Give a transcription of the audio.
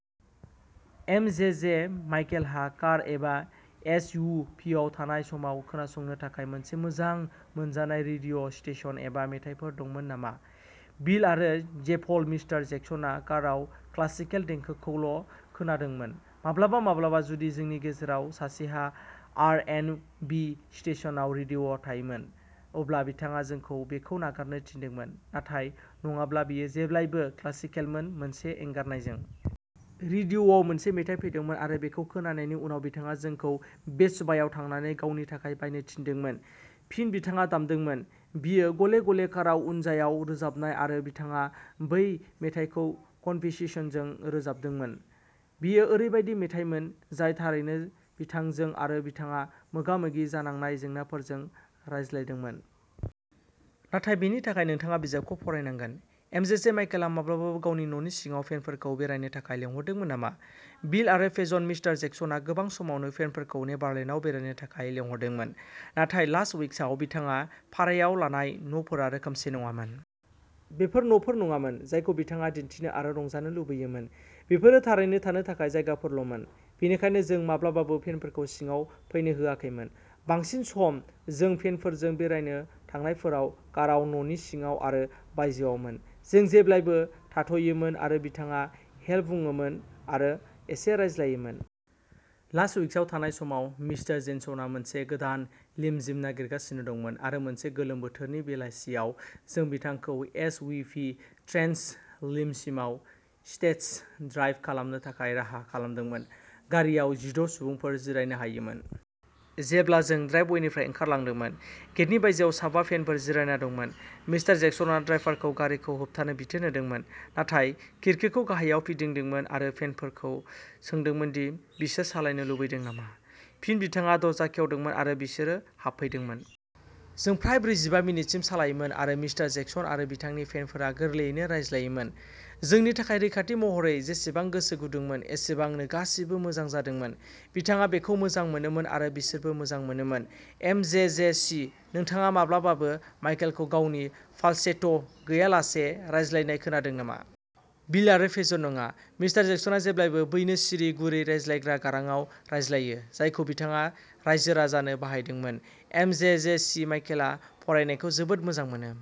MJJC माइकेलहा car एबा S U भिआव थानाय समाव खोनासंनो थाखाय मोनसे मोजां मोनजानाय रेडिअ' स्टेशन एबा मेथाइफोर दंमोन नामा? बिल आरो जेभन मिस्टार जेक्सनआ कारआव क्लासिकेल देंखोखौल' खोनादोंमोन। माब्लाबा-माब्लाबा, जुदि जोंनि गेजेराव सासेहा आर एन्ड बि स्टेशनआव रेडिअ' थायोमोन, अब्ला बिथाङा जोंखौ बेखौ नागारनो थिनदोंमोन, नाथाय नङाब्ला बेयो जेब्लाबो क्लासिकेलमोन मोनसे एंगारनायजों। रेडिअ'आव मोनसे मेथाइ फैदोंमोन आरो बेखौ खोनानायनि उनाव बिथाङा जोंखौ बेस्ट बायआव थांनानै गावनि थाखाय बायनो थिनदोंमोन। फिन बिथाङा दामदोंमोन। बेयो गले-गले काराव, उनजायाव रोजाबनाय आरो बिथाङा बै मेथाइखौ कनभिचिसनजों रोजाबदोंमोन। बेयो ओरैबायदि मेथाइमोन जाय थारैनो बिथांजों आरो बिथाङा मोगा-मोगि जानांनाय जेंनाफोरजों रायज्लायदोंमोन। नाथाय बेनि थाखाय नोंथाङा बिजाबखौ फरायनांगोन। एमजेजेसि माइकेलआ माब्लाबाबो गावनि न'नि सिङाव फेनफोरखौ बेरायनो थाखाय लिंहरदोंमोन नामा? बिल आरो फेजन मिस्टार जेक्सनआ गोबां समावनो फेनफोरखौ नेभारलेन्डआव बेरायनो थाखाय लिंहरदोंमोन, नाथाय लास वेगासआव बिथाङा भारायाव लानाय न'फोरा रोखोमसे नङामोन। बेफोर न'फोर नङामोन जायखौ बिथाङा दिन्थिनो आरो रंजानो लुगैयोमोन। बेफोरो थारैनो थानो थाखाय जायगाफोरल'मोन। बेनिखायनो जों माब्लाबाबो फेनफोरखौ सिङाव फैनो होआखैमोन। बांसिन सम जों फेनफोरजों बेरायनो थांनायफोरा काराव, न'नि सिङाव आरो बायजोआवमोन। जों जेब्लाबो थाथ'योमोन आरो बिथाङा हेल' बुङोमोन आरो एसे रायज्लायोमोन। लास उइकसआव थानाय समाव, मिस्टार जेक्सनआ मोनसे गोदान लिम'जिन नागिरगासिनो दंमोन, आरो मोनसे गोलोम बोथोरनि बेलासियाव जों बिथांखौ एस. यु. भि. स्ट्रेच लिम'सिनआव टेस्ट ड्राइभ खालामनो थाखाय राहा खालामदोंमोन। गारिआव जिद' सुबुंफोर जिरायनो हायोमोन। जेब्ला जों ड्राइभवेनिफ्राय ओंखारलांदोंमोन, गेटनि बायजोआव सा बा फेनफोर जिरायना दंमोन। मिस्टार जेक्सनआ ड्राइभारखौ गारिखौ होबथानो बिथोन होदोंमोन, नाथाय खिरखिखौ गाहायाव फिदिंदोंमोन आरो फेनफोरखौ सोंदोंमोन दि बिसोर सालायनो लुबैदों नामा। फिन बिथाङा दरजा खेवदोंमोन आरो बिसोरो हाबफैदोंमोन। जों फ्राय ब्रैजिबा मिनिटसिम सालायोमोन आरो मिस्टार जेक्सन आरो बिथांनि फेनफोरा गोरलैयैनो रायज्लायोमोन। जोंनि थाखाय रैखाथि महरै जेसेबां गोसो गुदुंमोन एसेबांनो, गासैबो मोजां जादोंमोन। बिथाङा बेखौ मोजां मोनोमोन आरो बिसोरबो मोजां मोनोमोन। एम जे जे सि नोंथाङा माब्लाबाबो माइकेलखौ गावनि फाल्सेट्ट' गैयालासे रायज्लायनाय खोनादों नामा? बिल आरो फेजन नङा। मिस्टार जेक्सनआ जेब्लाबो बैनो सिरि, गुरै रायज्लायग्रा गारांआव रायज्लायो जायखौ बिथाङा रायजो-राजानो बाहायदोंमोन। एम जे जे सि माइकेलआ फरायनायखौ जोबोद मोजां मोनोमोन।